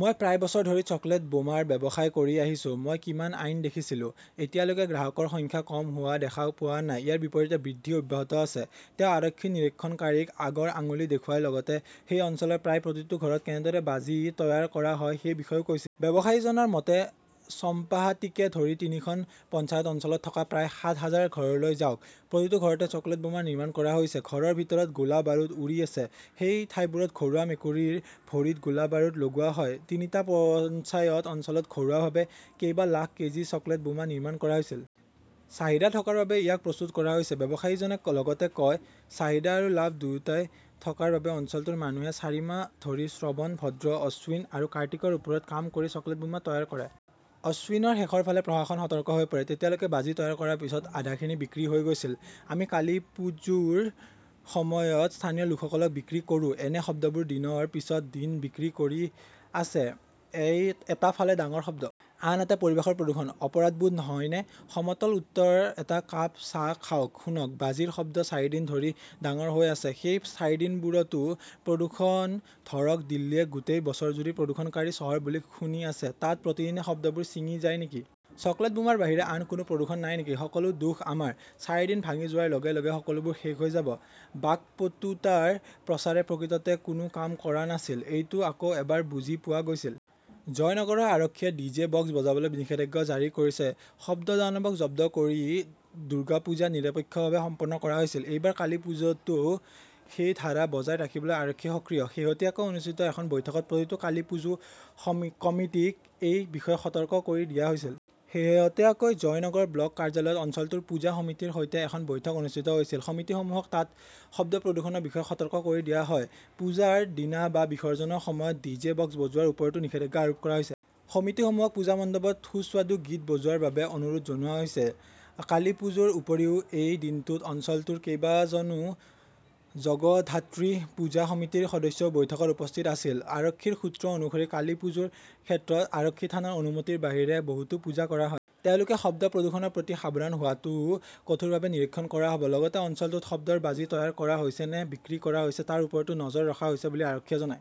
মই প্ৰায় বছৰ ধৰি চকলেট বোমাৰ ব্যৱসায় কৰি আহিছো। মই কিমান আইন দেখিছিলো। এতিয়ালৈকে গ্ৰাহকৰ সংখ্যা কম হোৱা দেখা পোৱা নাই। ইয়াৰ বিপৰীতে বৃদ্ধি অব্যাহত আছে। তেওঁ আৰক্ষী নিৰীক্ষণকাৰীক আগৰ আঙুলি দেখুৱাই লগতে সেই অঞ্চলৰ প্ৰায় প্ৰতিটো ঘৰত কেনেদৰে বাজি তৈয়াৰ কৰা হয় সেই বিষয়েও কৈছিল। ব্যৱসায়ীজনৰ মতে, চম্পাহাটিকে ধৰি তিনিখন পঞ্চায়ত অঞ্চলত থকা প্ৰায় সাত হাজাৰ ঘৰলৈ যাওক। প্ৰতিটো ঘৰতে চকলেট বোমা নিৰ্মাণ কৰা হৈছে। ঘৰৰ ভিতৰত গোলা-বাৰুদ উৰি আছে। সেই ঠাইবোৰত ঘৰুৱা মেকুৰীৰ ভৰিত গোলা-বাৰুদ লগোৱা হয়। তিনিটা পঞ্চায়ত অঞ্চলত ঘৰুৱাভাৱে কেইবা লাখ কেজি চকলেট বোমা নিৰ্মাণ কৰা হৈছিল। চাহিদা থকাৰ বাবেই ইয়াক প্ৰস্তুত কৰা হৈছে। ব্যৱসায়ীজনে লগতে কয় চাহিদা আৰু লাভ দুয়োটাই থকাৰ বাবে অঞ্চলটোৰ মানুহে চাৰি মাহ ধৰি শ্ৰৱণ, ভদ্ৰ, অশ্বিন আৰু কাৰ্তিকৰ ওপৰত কাম কৰি চকলেট বোমা তৈয়াৰ কৰে। অশ্বিনৰ শেষৰ ফালে প্ৰশাসন সতৰ্ক হৈ পৰে। তেতিয়ালৈকে বাজি তৈয়াৰ কৰাৰ পিছত আধাখিনি বিক্ৰী হৈ গৈছিল। আমি কালীপুজোৰ সময়ত স্থানীয় লোকসকলক বিক্ৰী কৰো। এনে শব্দবোৰ দিনৰ পিছত দিন বিক্ৰী কৰি আছে। এটা ফালে ডাঙৰ শব্দ। আনহাতে, পৰিৱেশৰ প্ৰদূষণ। অপৰাধবোধ নহয়নে? সমতল উত্তৰ এটা কাপ চাহ খাওক। শুনক বাজিৰ শব্দ চাৰিদিন ধৰি ডাঙৰ হৈ আছে। সেই চাৰিদিনবোৰতো প্ৰদূষণ ধৰক দিল্লীয়ে গোটেই বছৰজুৰি প্ৰদূষণকাৰী চহৰ বুলি শুনি আছে। তাত প্ৰতিদিনে শব্দবোৰ ছিঙি যায় নেকি? চকলেট বোমাৰ বাহিৰে আন কোনো প্ৰদূষণ নাই নেকি? সকলো দোষ আমাৰ? চাৰিদিন ভাঙি যোৱাৰ লগে - লগে সকলোবোৰ শেষ হৈ যাব। বাকপটুতাৰ প্ৰচাৰে প্ৰকৃততে কোনো কাম কৰা নাছিল, এইটো আকৌ এবাৰ বুজি পোৱা গৈছিল। জয়নগৰৰ আৰক্ষীয়ে ডিজে বক্স বজাবলৈ নিষেধাজ্ঞা জাৰি কৰিছে শব্দদানৱক জব্দ কৰি দুৰ্গা পূজা নিৰপেক্ষভাৱে সম্পন্ন কৰা হৈছিল। এইবাৰ কালিপুজোতো সেই ধাৰা বজাই ৰাখিবলৈ আৰক্ষী সক্ৰিয়। শেহতীয়াকৈ অনুষ্ঠিত এখন বৈঠকত প্ৰতিটো কালীপুজো কমিটীক এই বিষয়ে সতৰ্ক কৰি দিয়া হৈছিল। শেহতীয়াকৈ জয়নগৰ ব্লক কাৰ্যালয়ত অঞ্চলটোৰ পূজা সমিতিৰ সৈতে এখন বৈঠক অনুষ্ঠিত হৈছিল। সমিতিসমূহক তাত শব্দ প্ৰদূষণৰ বিষয়ে সতৰ্ক কৰি দিয়া হয়। পূজাৰ দিনা বা বিসৰ্জনৰ সময়ত ডিজে বক্স বজোৱাৰ ওপৰতো নিষেধাজ্ঞা আৰোপ কৰা হৈছে। সমিতিসমূহক পূজা মণ্ডপত সুস্বাদু গীত বজোৱাৰ বাবে অনুৰোধ জনোৱা হৈছে। কালিপুজোৰ উপৰিও এই দিনটোত অঞ্চলটোৰ কেইবাজনো জগধাত্ৰী পূজা সমিতিৰ সদস্যও বৈঠকত উপস্থিত আছিল। আৰক্ষীৰ সূত্ৰ অনুসৰি, কালীপুজোৰ ক্ষেত্ৰত আৰক্ষী থানাৰ অনুমতিৰ বাহিৰে বহুতো পূজা কৰা হয়। তেওঁলোকে শব্দ প্ৰদূষণৰ প্ৰতি সাৱধান হোৱাটোও কঠোৰভাৱে নিৰীক্ষণ কৰা হব। লগতে অঞ্চলটোত শব্দৰ বাজি তৈয়াৰ কৰা হৈছে নে বিক্ৰী কৰা হৈছে তাৰ ওপৰতো নজৰ ৰখা হৈছে বুলি আৰক্ষীয়ে জনায়।